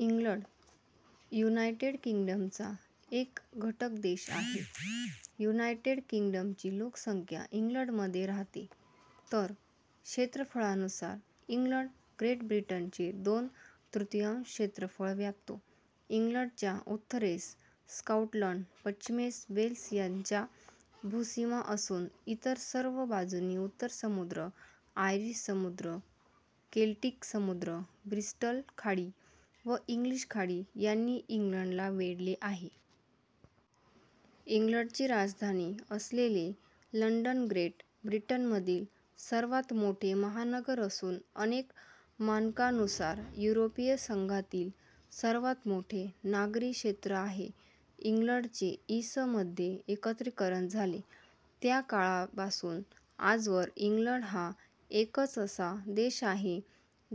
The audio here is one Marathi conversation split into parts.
इंग्लंड युनायटेड किंग्डमचा एक घटकदेश आहे. युनायटेड किंग्डमची लोकसंख्या इंग्लंडमध्ये राहते; तर क्षेत्रफळानुसार इंग्लंड ग्रेट ब्रिटनचे दोन तृतीयांश क्षेत्रफळ व्यापतो. इंग्लंडच्या उत्तरेस स्कॉटलंड, पश्चिमेस वेल्स यांच्या भूसीमा असून इतर सर्व बाजूंनी उत्तर समुद्र, आयरिश समुद्र, केल्टिक समुद्र, ब्रिस्टल खाडी व इंग्लिश खाडी यांनी इंग्लंडला वेढले आहे. इंग्लंडची राजधानी असलेले लंडन ग्रेट ब्रिटनमधील सर्वात मोठे महानगर असून अनेक मानकांनुसार युरोपीय संघातील सर्वात मोठे नागरी क्षेत्र आहे. इंग्लंडचे इ. स. मध्ये एकत्रीकरण झाले त्या काळापासून आजवर इंग्लंड हा एकच असा देश आहे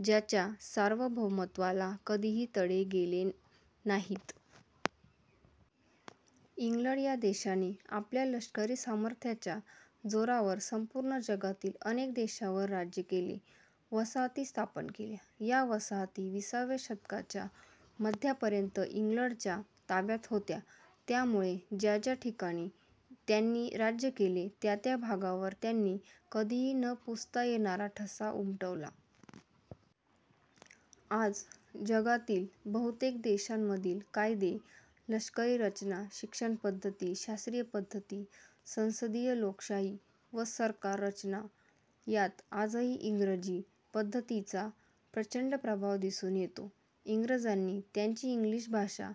ज्याच्या सार्वभौमत्वाला कधीही तडे गेले नाहीत. इंग्लंड या देशाने आपल्या लष्करी सामर्थ्याच्या जोरावर संपूर्ण जगातील अनेक देशांवर राज्य केले, वसाहती स्थापन केल्या. या वसाहती विसाव्या शतकाच्या मध्यापर्यंत इंग्लंडच्या ताब्यात होत्या. त्यामुळे ज्या ज्या ठिकाणी त्यांनी राज्य केले त्या त्या भागावर त्यांनी कधीही न पुसता येणारा ठसा उमटवला. आज जगातील बहुतेक देशांमधील कायदे, लष्करी रचना, शिक्षण पद्धति, शास्त्रीय पद्धति, संसदीय लोकशाही व सरकार रचना यांत आजही इंग्रजी पद्धतिीचा प्रचंड प्रभाव दिसून येतो. इंग्रजांनी त्यांची इंग्लिश भाषा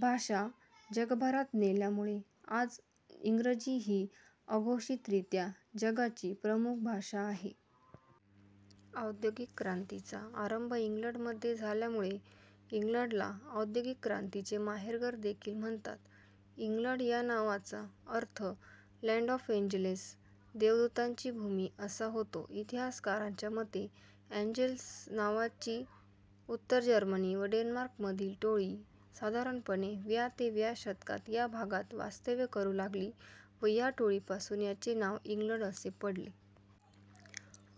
भाषा जगभरात नेल्यामुळे आज इंग्रजी ही अघोषितरित्या जगाची प्रमुख भाषा आहे. औद्योगिक क्रांतीचा आरंभ इंग्लंडमध्ये झाल्यामुळे इंग्लंडला औद्योगिक क्रांतीचे माहेरघर देखील म्हणतात. इंग्लंड या नावाचा अर्थ लँड ऑफ ॲंजेल्स. देवदूतांची भूमी असा होतो. इतिहासकारांच्या मते ॲंजेल्स नावाची उत्तर जर्मनी व डेन्मार्क मधील टोळी साधारणपणे व्या ते व्या शतकात या भागात वास्तव्य करू लागली व या टोळीपासून याचे नाव इंग्लंड असे पडले.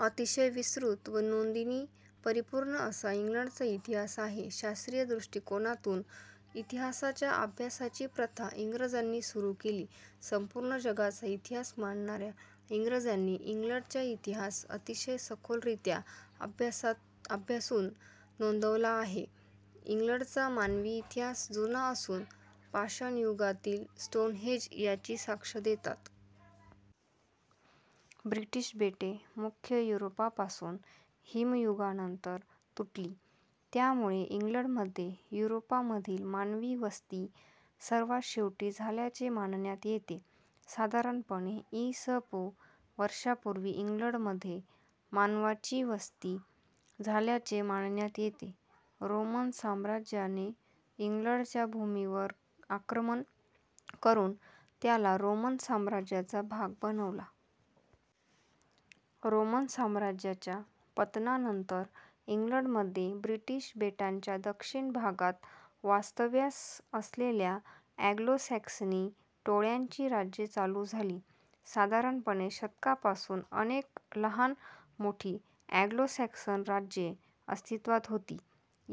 अतिशय विस्तृत व नोंदींनी परिपूर्ण असा इंग्लंडचा इतिहास आहे. शास्त्रीय दृष्टिकोनातून इतिहासाच्या अभ्यासाची प्रथा इंग्रजांनी सुरू केली. संपूर्ण जगाचा इतिहास मांडणाऱ्या इंग्रजांनी इंग्लंडच्या इतिहास अतिशय सखोलरीत्या अभ्यासून नोंदवला आहे. इंग्लंडचा मानवी इतिहास जुना असून पाषाणयुगातील स्टोनहेंज याची साक्ष देतात. ब्रिटिश बेटे मुख्य युरोपापासून हिमयुगानंतर तुटली त्यामुळे इंग्लंडमध्ये युरोपमधील मानवी वस्ती सर्वात शेवटी झाल्याचे मानण्यात येते. साधारणपणे इ. स. पू. वर्षांपूर्वी इंग्लंडमध्ये मानवाची वसती झाल्याचे मानण्यात येते. रोमन साम्राज्याने इंग्लंडच्या भूमीवर आक्रमण करून त्याला रोमन साम्राज्याचा भाग बनवला. रोमन साम्राज्याच्या पतनानंतर इंग्लंडमध्ये ब्रिटिश बेटांच्या दक्षिण भागात वास्तव्यास असलेल्या ॲंग्लो सॅक्सनी टोळ्यांची राज्ये चालू झाली. साधारणपणे शतकापासून अनेक लहान मोठी ॲंग्लो सॅक्सन राज्ये अस्तित्त्वात होती.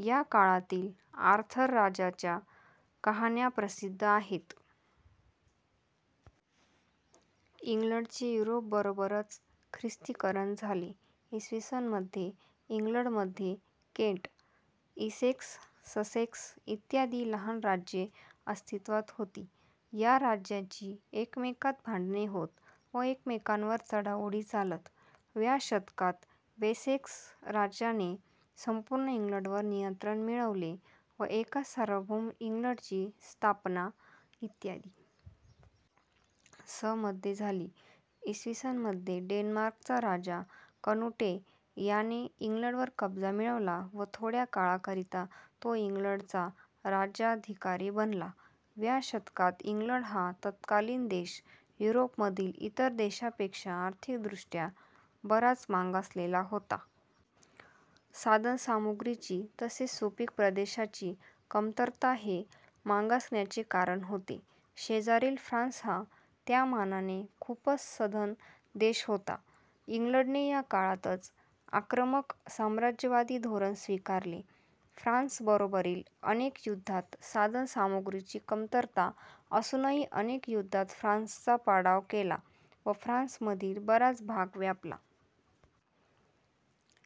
या काळातील आर्थर राजाच्या कहाण्या प्रसिद्ध आहेत. इंग्लंडचे युरोपबरोबरच ख्रिस्तीकरण झाले. इ. स. मध्ये इंग्लंडमध्ये केंट, इसेक्स, ससेक्स इत्यादी लहान राज्ये अस्तित्त्वात होती. या राज्यांची एकमेकात भांडणे होत व एकमेकांवर चढाओढी चालत. व्या शतकात वेसेक्स राज्याने संपूर्ण इंग्लंडवर नियंत्रण मिळवले व एका सार्वभौम इंग्लंडची स्थापना इ. स. मध्ये झाली. इ. स. मध्ये डेन्मार्कचा राजा कनुटे याने इंग्लंडवर कब्जा मिळवला व थोड्या काळाकरिता तो इंग्लंडचा राज्याधिकारी बनला. व्या शतकात इंग्लंड हा तत्कालीन देश युरोपमधील इतर देशांपेक्षा आर्थिकदृष्ट्या बराच मागसलेला होता. साधनसामुग्रीची तसेच सुपीक प्रदेशाची कमतरता हे मागासण्याचे कारण होते. शेजारील फ्रान्स हा त्यामानाने खूपच सधन देश होता. इंग्लंडने या काळातच आक्रमक साम्राज्यवादी धोरण स्वीकारले. फ्रान्स बरोबरील अनेक युद्धात साधन सामुग्रीची कमतरता असूनही अनेक युद्धात फ्रान्सचा पाडाव केला व फ्रान्समधील बराच भाग व्यापला.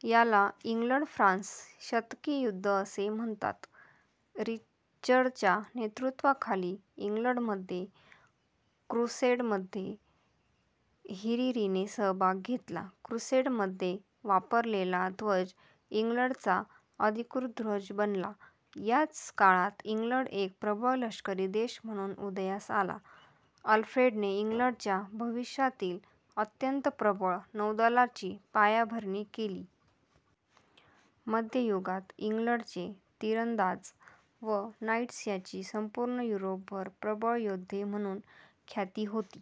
याला इंग्लंड फ्रान्स शतकी युद्ध असे म्हणतात. रिचर्डच्या नेतृत्वाखाली इंग्लंडने क्रुसेडमध्ये हिरीरीने सहभाग घेतला. क्रुसेडमध्ये वापरलेला ध्वज इंग्लंडचा अधिकृत ध्वज बनला. याच काळात इंग्लंड एक प्रबळ लष्करी देश म्हणून उदयास आला. अल्फ्रेडने इंग्लंडच्या भविष्यातील अत्यंत प्रबळ नौदलाची पायाभरणी केली. मध्ययुगात इंग्लंडचे तिरंदाज व नाईट्स यांची संपूर्ण युरोपभर प्रबळ योद्धे म्हणून ख्याती होती.